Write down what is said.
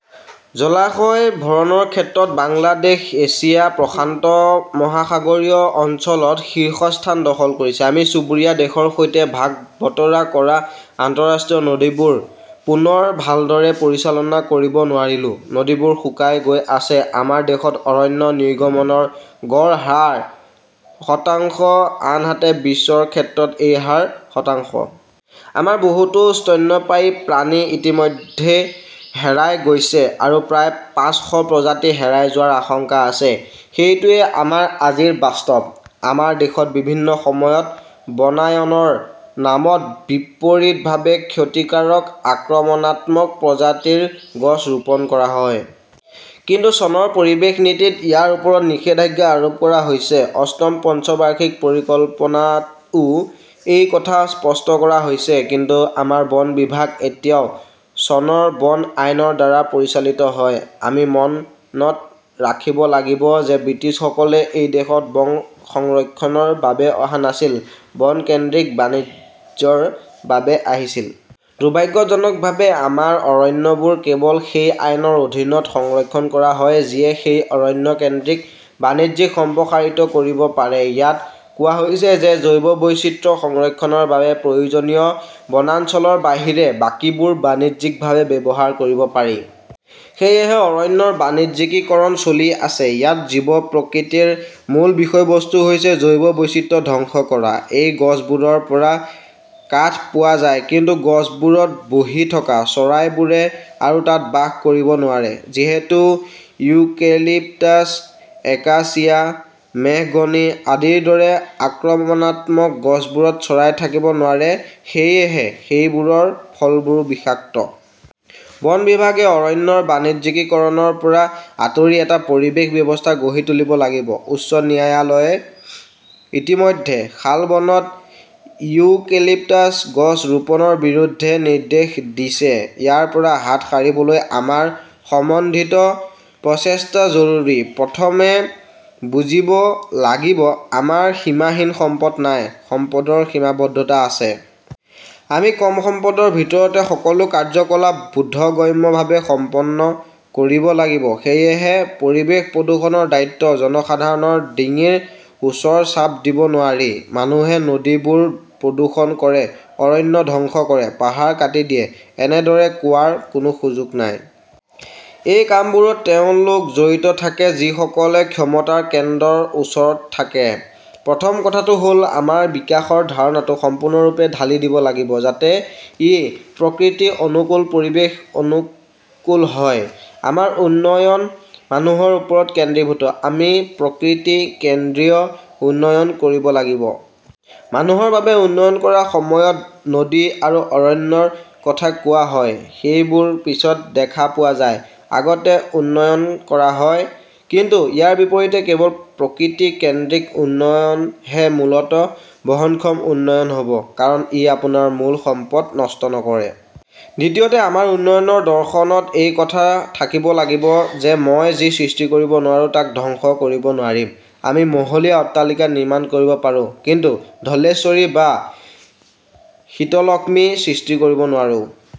জলাশয় ভৰণৰ ক্ষেত্ৰত বাংলাদেশ এছিয়া-প্ৰশান্ত মহাসাগৰীয় অঞ্চলত শীৰ্ষস্থান দখল কৰিছে। আমি চুবুৰীয়া দেশৰ সৈতে ভাগ বতৰা কৰা আন্তঃৰাষ্ট্ৰীয় নদীবোৰ পুনৰ ভালদৰে পৰিচালনা কৰিব নোৱাৰিলো। নদীবোৰ শুকাই গৈ আছে। আমাৰ দেশত অৰণ্য নিৰ্গমনৰ গড় হাৰ শতাংশ, আনহাতে বিশ্বৰ ক্ষেত্ৰত এই হাৰ শতাংশ। আমাৰ বহুতো স্তন্যপায়ী প্ৰাণী ইতিমধ্যে হেৰাই গৈছে। আৰু প্ৰায় পাঁচশ প্ৰজাতি হেৰাই যোৱাৰ আশংকা আছে। সেইটোৱেই আমাৰ আজিৰ বাস্তৱ। আমাৰ দেশত বিভিন্ন সময়ত বনায়নৰ নামত বিপৰীতভাৱে ক্ষতিকাৰক আক্ৰমণাত্মক প্ৰজাতিৰ গছ ৰোপণ কৰা হয়। কিন্তু চনৰ পৰিৱেশ নীতিত ইয়াৰ ওপৰত নিষেধাজ্ঞা আৰোপ কৰা হৈছে। অষ্টম পঞ্চবাৰ্ষিক পৰিকল্পনাতও এই কথা স্পষ্ট কৰা হৈছে। কিন্তু আমাৰ বন বিভাগ এতিয়াও চনৰ বন আইনৰ দ্বাৰা পৰিচালিত হয়। আমি মনত ৰাখিব লাগিব যে ব্ৰিটিছসকলে এই দেশত বন সংৰক্ষণৰ বাবে অহা নাছিল, বন-কেন্দ্ৰিক বাণিজ্যৰ বাবে আহিছিল। দুৰ্ভাগ্যজনকভাৱে, আমাৰ অৰণ্যবোৰ কেৱল সেই আইনৰ অধীনত সংৰক্ষণ কৰা হয় যিয়ে সেই অৰণ্য-কেন্দ্ৰিক বাণিজ্যক সম্প্ৰসাৰিত কৰিব পাৰে। ইয়াত কোৱা হৈছে যে জৈৱ বৈচিত্ৰ্য সংৰক্ষণৰ বাবে প্ৰয়োজনীয় বনাঞ্চলৰ বাহিৰে বাকীবোৰ বাণিজ্যিকভাৱে ব্যৱহাৰ কৰিব পাৰি। সেয়েহে, অৰণ্যৰ বাণিজ্যিকীকৰণ চলি আছে। ইয়াত জীৱ-প্ৰকৃতিৰ মূল বিষয়বস্তু হৈছে জৈৱ বৈচিত্ৰ্য ধ্বংস কৰা। এই গছবোৰৰ পৰা কাঠ পোৱা যায়; কিন্তু গছবোৰত বহি থকা চৰাইবোৰে আৰু তাত বাস কৰিব নোৱাৰে। যিহেতু ইউকেলিপ্টাছ, একাসিয়া, মেহগনি আদিৰ দৰে আক্ৰমণাত্মক গছবোৰত চৰাই থাকিব নোৱাৰে, সেয়েহে সেইবোৰৰ ফলবোৰো বিষাক্ত। বন বিভাগে অৰণ্যৰ বাণিজ্যিকীকৰণৰ পৰা আঁতৰি এটা পৰিৱেশ ব্যৱস্থা গঢ়ি তুলিব লাগিব। উচ্চ ন্যায়ালয়ে ইতিমধ্যে শালবনত ইউকেলিপ্টাছ গছ ৰোপণৰ বিৰুদ্ধে নিৰ্দেশ দিছে। ইয়াৰ পৰা হাত সাৰিবলৈ আমাৰ সমন্বিত প্ৰচেষ্টা জৰুৰী। প্ৰথমে বুজিব লাগিব-আমাৰ সীমাহীন সম্পদ নাই, সম্পদৰ সীমাবদ্ধতা আছে। আমি কম সম্পদৰ ভিতৰতে সকলো কাৰ্যকলাপ বোধগম্যভাৱে সম্পন্ন কৰিব লাগিব। সেয়েহে পৰিৱেশ প্ৰদূষণৰ দায়িত্ব জনসাধাৰণৰ ডিঙিৰ ওপৰত চাপ দিব নোৱাৰি। মানুহে নদীবোৰ প্ৰদূষণ কৰে, অৰণ্য ধ্বংস কৰে, পাহাৰ কাটি দিয়ে-এনেদৰে কোৱাৰ কোনো সুযোগ নাই। এই কামবোৰত তেওঁলোক জড়িত থাকে, যিসকলে ক্ষমতাৰ কেন্দ্ৰৰ ওচৰত থাকে। প্ৰথম কথাটো হ 'ল-আমাৰ বিকাশৰ ধাৰাটো সম্পূৰ্ণৰূপে ঢালি দিব লাগিব, যাতে ই প্ৰকৃতি অনুকূল, পৰিৱেশ-অনুকূল হয়। আমাৰ উন্নয়ন মানুহৰ ওপৰত কেন্দ্ৰীভূত। আমি প্ৰকৃতি-কেন্দ্ৰিক উন্নয়ন কৰিব লাগিব। মানুহৰ বাবে উন্নয়ন কৰাৰ সময়ত নদী আৰু অৰণ্যৰ কথা কোৱা হয়-সেইবোৰ পিছত দেখা পোৱা যায়, আগতে উন্নয়ন কৰা হয়। কিন্তু ইয়াৰ বিপৰীতে, কেৱল প্ৰকৃতি-কেন্দ্ৰিক উন্নয়নহে মূলতঃ বহনক্ষম উন্নয়ন হ 'ব। কাৰণ ই আপোনাৰ মূল সম্পদ নষ্ট নকৰে। দ্বিতীয়তে, আমাৰ উন্নয়নৰ দৰ্শনত এই কথা থাকিব লাগিব যে মই যি সৃষ্টি কৰিব নোৱাৰো তাক ধ্বংস কৰিব নোৱাৰিম। আমি মহলীয়া অট্টালিকা নিৰ্মাণ কৰিব পাৰোঁ; কিন্তু ধলেশ্বৰী বা শীতলক্ষ্মী সৃষ্টি কৰিব নোৱাৰোঁ।